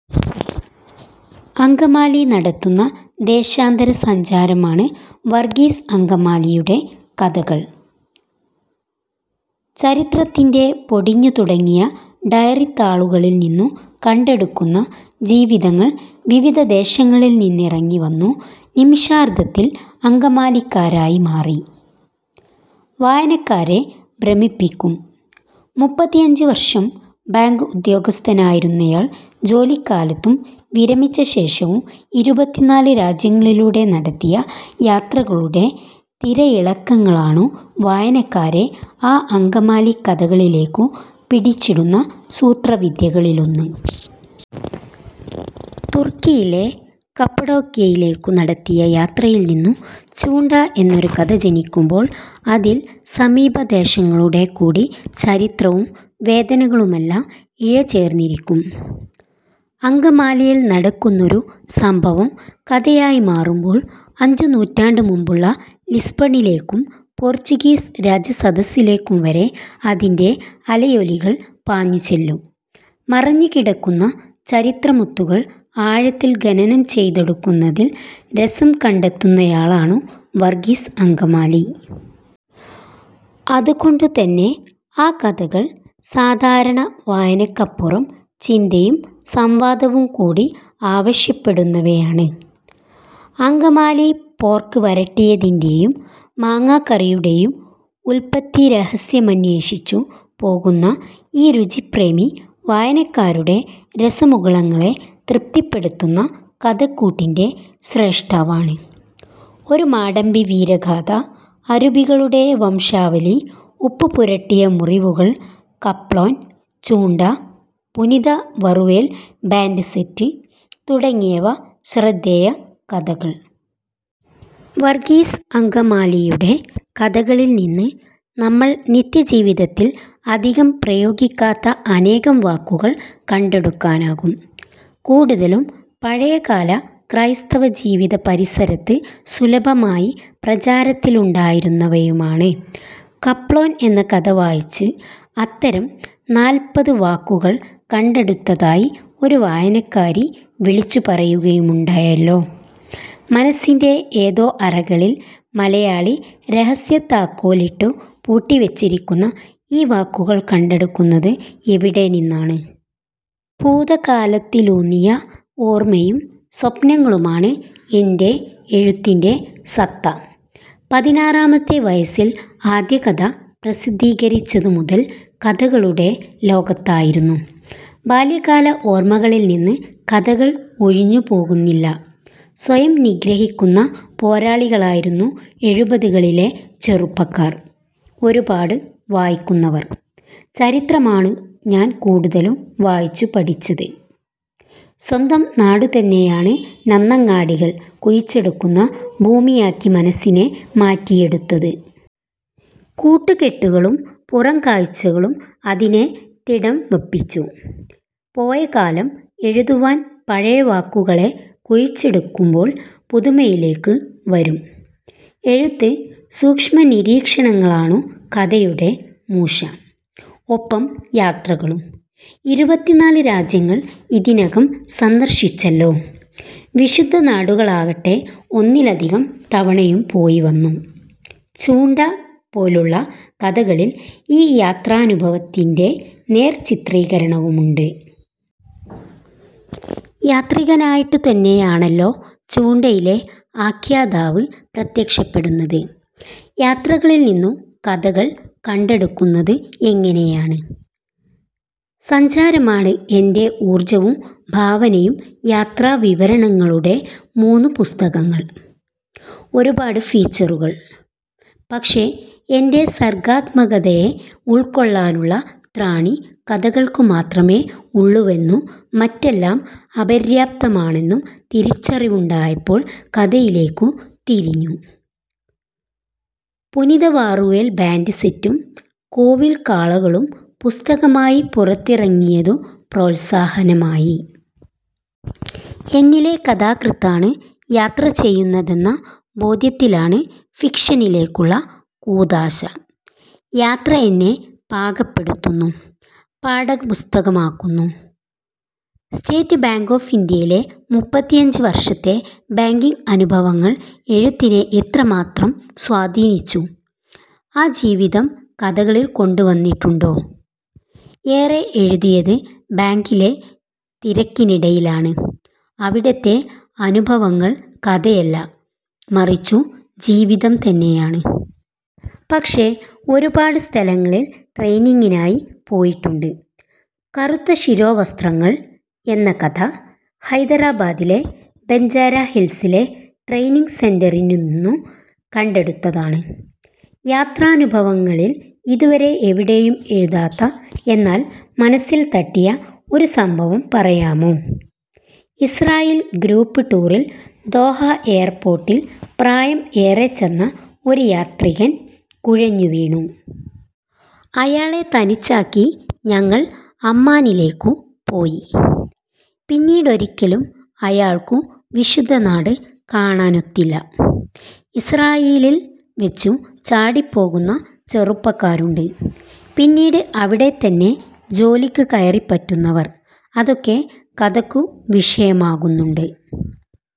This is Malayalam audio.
അങ്കമാലി നടത്തുന്ന ദേശാന്തരസഞ്ചാരമാണ് വർഗീസ് അങ്കമാലിയുടെ കഥകൾ. ചരിത്രത്തിൻ്റെ പൊടിഞ്ഞു തുടങ്ങിയ ഡയറിത്താളുകളിൽനിന്നു കണ്ടെടുക്കുന്ന ജീവിതങ്ങൾ വിവിധ ദേശങ്ങളിൽ നിന്നിറങ്ങി വന്നു നിമിഷാർധത്തിൽ അങ്കമാലിക്കാരായി മാറി വായനക്കാരെ ഭ്രമിപ്പിക്കും. മുപ്പത്തിഅഞ്ച് വർഷം ബാങ്ക് ഉദ്യോഗസ്ഥനായിരുന്നയാൾ ജോലിക്കാലത്തും വിരമിച്ച ശേഷവും ഇരുപത്തിനാല് രാജ്യങ്ങളിലൂടെ നടത്തിയ യാത്രകളുടെ തിരയിളക്കങ്ങളാണു വായനക്കാരെ ആ അങ്കമാലിക്കഥകളിലേക്കു പിടിച്ചിടുന്ന സൂത്രവിദ്യകളിലൊന്ന്. തുർക്കിയിലെ കപ്പഡോക്യയിലേക്കു നടത്തിയ യാത്രയിൽനിന്നു ‘ചൂണ്ട’ എന്നൊരു കഥ ജനിക്കുമ്പോൾ അതിൽ സമീപദേശങ്ങളുടെ കൂടി ചരിത്രവും വേദനകളുമെല്ലാം ഇഴചേർന്നിരിക്കും. അങ്കമാലിയിൽ നടക്കുന്നൊരു സംഭവം കഥയായി മാറുമ്പോൾ അഞ്ചു നൂറ്റാണ്ടു മുൻപുള്ള ലിസ്ബണിലേക്കും പോർച്ചുഗീസ് രാജസദസ്സിലേക്കും വരെ അതിൻ്റെ അലയൊലികൾ പാഞ്ഞുചെല്ലും. മറഞ്ഞു കിടക്കുന്ന ചരിത്രമുത്തുകൾ ആഴത്തിൽ ഖനനം ചെയ്തെടുക്കുന്നതിൽ രസം കണ്ടെത്തുന്നയാളാണു വർഗീസ് അങ്കമാലി. അതുകൊണ്ടുതന്നെ ആ കഥകൾ സാധാരണ വായനയ്ക്കപ്പുറം ചിന്തയും സംവാദവും കൂടി ആവശ്യപ്പെടുന്നവയാണ്. അങ്കമാലി പോർക്ക് വരട്ടിയതിൻ്റെയും മാങ്ങാക്കറിയുടെയും ഉൽപത്തിരഹസ്യമന്വേഷിച്ചു പോകുന്ന ഈ രുചിപ്രേമി വായനക്കാരുടെ രസമുകുളങ്ങളെ തൃപ്തിപ്പെടുത്തുന്ന കഥക്കൂട്ടിൻ്റെ സ്രഷ്ടാവാണ്. ഒരു മാടമ്പി വീരഗാഥ, അരൂപികളുടെ വംശാവലി, ഉപ്പുപുരട്ടിയ മുറിവുകൾ, കപ്ലോൻ, ചൂണ്ട, പുനിത വറുവേൽ ബാൻ്റ് സെറ്റ് തുടങ്ങിയവ ശ്രദ്ധേയ കഥകൾ. വർഗീസ് അങ്കമാലിയുടെ കഥകളിൽനിന്ന് നമ്മൾ നിത്യ ജീവിതത്തിൽ അധികം പ്രയോഗിക്കാത്ത അനേകം വാക്കുകൾ കണ്ടെടുക്കാനാകും. കൂടുതലും പഴയകാല ക്രൈസ്തവ ജീവിത പരിസരത്ത് സുലഭമായി പ്രചാരത്തിലുണ്ടായിരുന്നവയുമാണ്. ‘കപ്ലോൻ’ എന്ന കഥ വായിച്ച് അത്തരം നാൽപത് വാക്കുകൾ കണ്ടെടുത്തതായി ഒരു വായനക്കാരി വിളിച്ചു പറയുകയുമുണ്ടായല്ലോ. മനസ്സിൻ്റെ ഏതോ അറകളിൽ മലയാളി രഹസ്യത്താക്കോലിട്ടു പൂട്ടി വച്ചിരിക്കുന്ന ഈ വാക്കുകൾ കണ്ടെടുക്കുന്നത് എവിടെനിന്നാണ്? ഭൂതകാലത്തിലൂന്നിയ ഓർമയും സ്വപ്നങ്ങളുമാണ് എൻ്റെ എഴുത്തിൻ്റെ സത്ത. പതിനാറാമത്തെ വയസ്സിൽ ആദ്യകഥ പ്രസിദ്ധീകരിച്ചതു മുതൽ കഥകളുടെ ലോകത്തായിരുന്നു. ബാല്യകാല ഓർമകളിൽനിന്ന് കഥകൾ ഒഴിഞ്ഞുപോകുന്നില്ല. സ്വയം നിഗ്രഹിക്കുന്ന പോരാളികളായിരുന്നു എഴുപതുകളിലെ ചെറുപ്പക്കാർ. ഒരുപാടു വായിക്കുന്നവർ. ചരിത്രമാണു ഞാൻ കൂടുതലും വായിച്ചു പഠിച്ചത്. സ്വന്തം നാടുതന്നെയാണ് നന്നങ്ങാടികൾ കുഴിച്ചെടുക്കുന്ന ഭൂമികയാക്കി മനസ്സിനെ മാറ്റിയെടുത്തത്. കൂട്ടുകെട്ടുകളും പുറംകാഴ്ചകളും അതിനെ തിടം വപ്പിച്ചു. പോയകാലം എഴുതുവാൻ പഴയവാക്കുകളെ കുഴിച്ചെടുക്കുമ്പോൾ പുതുമയിലേക്കു വരും, എഴുത്ത്. സൂക്ഷ്മനിരീക്ഷണങ്ങളാണു കഥയുടെ മൂശ, ഒപ്പം യാത്രകളും. ഇരുപത്തിനാല് രാജ്യങ്ങൾ ഇതിനകം സന്ദർശിച്ചല്ലോ. വിശുദ്ധനാടുകളാകട്ടെ ഒന്നിലധികം തവണയും പോയി വന്നു. 'ചൂണ്ട' പോലുള്ള കഥകളിൽ ഈ യാത്രാനുഭവത്തിൻ്റെ നേർ ചിത്രീകരണവുമുണ്ട്. യാത്രികനായിട്ടു തന്നെയാണല്ലോ ചൂണ്ടയിൽ ആഖ്യാതാവ് പ്രത്യക്ഷപ്പെടുന്നത്. യാത്രകളിൽ നിന്നു കഥകൾ കണ്ടെടുക്കുന്നത് എങ്ങനെയാണ്? സഞ്ചാരമാണ് എൻ്റെ ഊർജവും ഭാവനയും. യാത്രാവിവരണങ്ങളുടെ മൂന്നു പുസ്തകങ്ങൾ. ഒരുപാടു ഫീച്ചറുകൾ. പക്ഷേ, എൻ്റെ സർഗാത്മകതയെ ഉൾക്കൊള്ളാനുള്ള ത്രാണി കഥകൾക്കു മാത്രമേ ഉള്ളുവെന്നും മറ്റെല്ലാം അപര്യാപ്തമാണെന്നും തിരിച്ചറിവുണ്ടായപ്പോൾ കഥയിലേക്കു തിരിഞ്ഞു. പുനിതവറുവേൽ ബാൻ്റ് സെറ്റും കോവിൽകാളകളും പുസ്തകമായി പുറത്തിറങ്ങിയതു പ്രോത്സാഹനമായി. എന്നിലെ കഥാകൃത്താണ് യാത്ര ചെയ്യുന്നതെന്ന ബോധ്യത്തിലാണ് ഫിക്ഷനിലേക്കുള്ള കൂദാശ. യാത്ര എന്നെ പാകപ്പെടുത്തുന്നു, പാഠപുസ്തകമാകുന്നു. സ്റ്റേറ്റ് ബാങ്ക് ഓഫ് ഇന്ത്യയിലെ മുപ്പത്തിഅഞ്ച് വർഷത്തെ ബാങ്കിങ് അനുഭവങ്ങൾ എഴുത്തിനെ എത്ര മാത്രം സ്വാധീനിച്ചു. ആ ജീവിതം കഥകളിൽ കൊണ്ടുവന്നിട്ടുണ്ടോ? ഏറെ എഴുതിയത് ബാങ്കിലെ തിരക്കിനിടയിലാണ്. അവിടുത്തെ അനുഭവങ്ങൾ കഥയല്ല, മറിച്ചു ജീവിതം തന്നെയാണ്. പക്ഷേ, ഒരുപാടു സ്ഥലങ്ങളിൽ ട്രെയിനിങ്ങിനായി പോയിട്ടുണ്ട്. 'കറുത്ത ശിരോവസ്ത്രങ്ങൾ ' എന്ന കഥ ഹൈദരാബാദിലെ ബെഞ്ചാര ഹിൽസിലെ ട്രെയിനിങ് സെൻ്ററിൽനിന്നു കണ്ടെടുത്തതാണ്. യാത്രാനുഭവങ്ങളിൽ ഇതുവരെ എവിടെയും എഴുതാത്ത, എന്നാൽ മനസ്സിൽ തട്ടിയ ഒരു സംഭവം പറയാമോ? ഇസ്രയേൽ ഗ്രൂപ്പ് ടൂറിൽ ദോഹ എയർപോർട്ടിൽ പ്രായം ഏറെച്ചെന്ന ഒരു യാത്രികൻ കുഴഞ്ഞു വീണു. അയാളെ തനിച്ചാക്കി ഞങ്ങൾ അമ്മാനിലേക്കു പോയി. പിന്നീടൊരിക്കലും അയാൾക്കു വിശുദ്ധനാട് കാണാനൊത്തില്ല. ഇസ്രയേലിൽ വച്ചു ചാടിപ്പോകുന്ന ചെറുപ്പക്കാരുണ്ട്. പിന്നീട് അവിടെത്തന്നെ ജോലിക്ക് കയറിപ്പറ്റുന്നവർ. അതൊക്കെ കഥയ്ക്കു വിഷയമാകുന്നുണ്ട്.